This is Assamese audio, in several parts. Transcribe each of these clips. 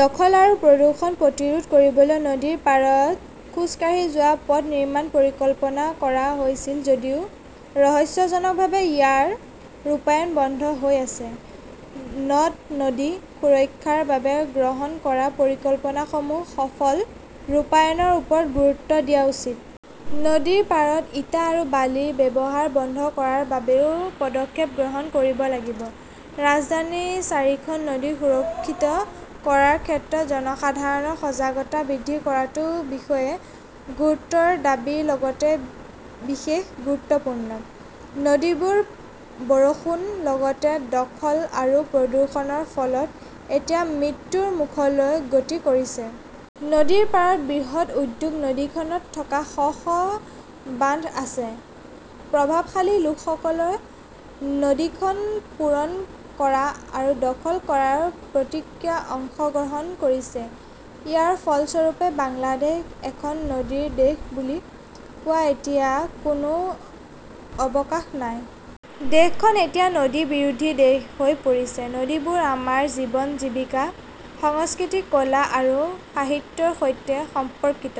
দখল আৰু প্ৰদূষণ প্ৰতিৰোধ কৰিবলৈ নদীৰ পাৰত খোজকাঢ়ি যোৱা পথ নিৰ্মাণৰ পৰিকল্পনা কৰা হৈছিল যদিও ৰহস্যজনকভাৱে ইয়াৰ ৰূপায়ণ বন্ধ হৈ আছে। নদ-নদী সুৰক্ষাৰ বাবে গ্ৰহণ কৰা পৰিকল্পনাসমূহৰ সফল ৰূপায়ণৰ ওপৰত গুৰুত্ব দিয়া উচিত। নদীৰ পাৰত ইটা আৰু বালিৰ ব্যৱসায় বন্ধ কৰাৰ বাবেও পদক্ষেপ গ্ৰহণ কৰিব লাগিব। ৰাজধানীৰ চাৰিখন নদী সুৰক্ষিত কৰাৰ ক্ষেত্ৰত জনসাধাৰণৰ সজাগতা বৃদ্ধি কৰাটোৱে বিশেষ গুৰুত্বৰ দাবী লগতে বিশেষ গুৰুত্বপূৰ্ণ। নদীবোৰ বৰষুণ লগতে দখল আৰু প্ৰদূষণৰ ফলত এতিয়া মৃত্যুৰ মুখলৈ গতি কৰিছে। নদীৰ পাৰত বৃহৎ উদ্যোগ, নদীখনত থকা শ শ বান্ধ আছে। প্ৰভাৱশালী লোকসকলে নদীখন পূৰণ কৰা আৰু দখল কৰাৰ প্ৰক্ৰিয়াত অংশগ্ৰহণ কৰিছে। ইয়াৰ ফলস্বৰূপে বাংলাদেশক এখন নদীৰ দেশ বুলি কোৱা এতিয়া কোনো অৱকাশ নাই। দেশখন এতিয়া নদী বিৰোধী দেশ হৈ পৰিছে। নদীবোৰ আমাৰ জীৱন, জীৱিকা, সংস্কৃতি, কলা আৰু সাহিত্যৰ সৈতে সম্পৰ্কিত।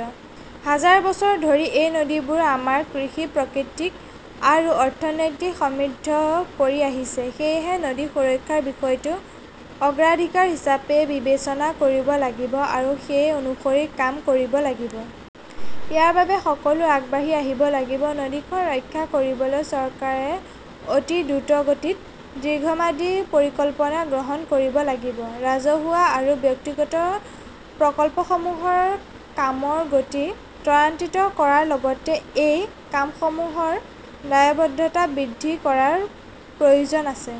হাজাৰ বছৰ ধৰি এই নদীবোৰে আমাৰ কৃষি, প্ৰকৃতি আৰু অৰ্থনীতিক সমৃদ্ধ কৰি আহিছে। সেয়েহে, নদী সুৰক্ষাৰ বিষয়টো অগ্ৰাধিকাৰ হিচাপে বিবেচনা কৰিব লাগিব আৰু সেই অনুসৰি কাম কৰিব লাগিব। ইয়াৰ বাবে সকলোৱে আগবাঢ়ি আহিব লাগিব। নদীখন ৰক্ষা কৰিবলৈ চৰকাৰে অতি দ্ৰুতগতিত দীৰ্ঘম্যাদী পৰিকল্পনা গ্ৰহণ কৰিব লাগিব। ৰাজহুৱা আৰু ব্যক্তিগত প্ৰকল্পসমূহৰ কামৰ গতি ত্বৰান্বিত কৰাৰ লগতে এই কামসমূহৰ দায়বদ্ধতা বৃদ্ধি কৰাৰ প্ৰয়োজন আছে।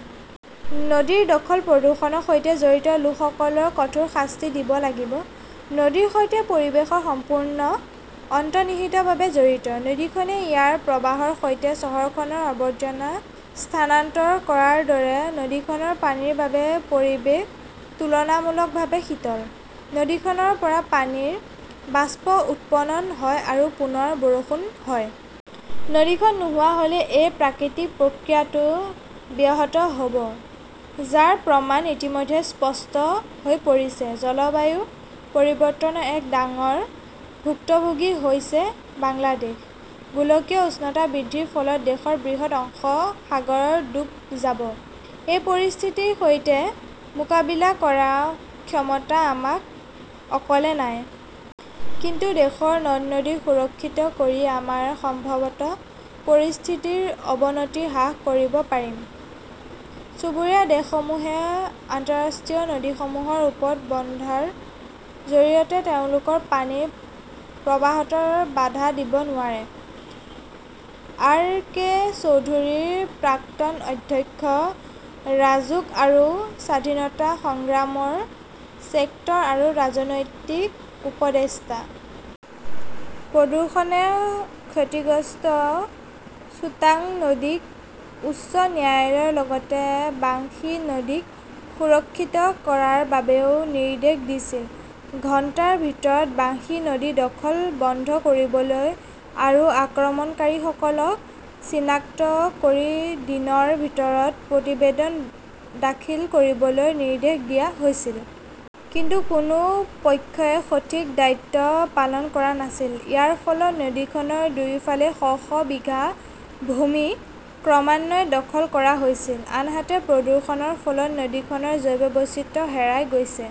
নদী দখল-প্ৰদূষণৰ সৈতে জড়িত লোকসকলক কঠোৰ শাস্তি দিব লাগিব। নদীৰ সৈতে পৰিৱেশৰ সম্পৰ্ক অন্তৰ্নিহিতভাৱে জড়িত। নদীখনে ইয়াৰ প্ৰবাহৰ সৈতে চহৰখনৰ আৱৰ্জনা স্থানান্তৰ কৰাৰ দৰে, নদীখনৰ পানীৰ বাবে পৰিৱেশ তুলনামূলকভাৱে শীতল। নদীখনৰ পৰা পানীৰ বাষ্প উৎপন্ন হয় আৰু পুনৰ বৰষুণ হয়। নদীখন নোহোৱা হ'লে এই প্ৰাকৃতিক প্ৰক্ৰিয়াটো ব্যাহত হ'ব, যাৰ প্ৰমাণ ইতিমধ্যে স্পষ্ট হৈ পৰিছে। জলবায়ু পৰিৱৰ্তনৰ এক ডাঙৰ ভুক্তভোগী হৈছে বাংলাদেশ। গোলকীয় উষ্ণতা বৃদ্ধিৰ ফলত দেশৰ বৃহৎ অংশ সাগৰত ডুব যাব। এই পৰিস্থিতিৰ সৈতে মোকাবিলা কৰাৰ ক্ষমতা আমাৰ অকলে নাই। কিন্তু দেশৰ নদ-নদী সুৰক্ষিত কৰি আমি সম্ভৱতঃ পৰিস্থিতিৰ অৱনতি হ্ৰাস কৰিব পাৰিম। চুবুৰীয়া দেশসমূহে আন্তঃৰাষ্ট্ৰীয় নদীসমূহৰ ওপৰত বান্ধৰ জৰিয়তে তেওঁলোকৰ পানীৰ প্ৰবাহত বাধা দিব নোৱাৰে। আৰ কে চৌধুৰীঃ প্ৰাক্তন অধ্যক্ষ, ৰাজুক আৰু স্বাধীনতা সংগ্ৰামৰ ছেক্টৰ আৰু ৰাজনৈতিক উপদেষ্টা। প্ৰদূষণেৰে ক্ষতিগ্ৰস্ত চুটাঙ নদীক উচ্চ ন্যায়ালয়ে লগতে বংশী নদীক সুৰক্ষিত কৰাৰ বাবেও নিৰ্দেশ দিছিল। ঘণ্টাৰ ভিতৰত বংশী নদীৰ দখল বন্ধ কৰিবলৈ আৰু আক্ৰমণকাৰীসকলক চিনাক্ত কৰি দিনৰ ভিতৰত প্ৰতিবেদন দাখিল কৰিবলৈ নিৰ্দেশ দিয়া হৈছিল। কিন্তু কোনো পক্ষই সঠিক দায়িত্ব পালন কৰা নাছিল। ইয়াৰ ফলত নদীখনৰ দুয়োফালে শ শ বিঘা ভূমি ক্ৰমান্বয়ে দখল কৰা হৈছে। আনহাতে, প্ৰদূষণৰ ফলত নদীখনৰ জৈৱ বৈচিত্ৰ্য হেৰাই গৈছে।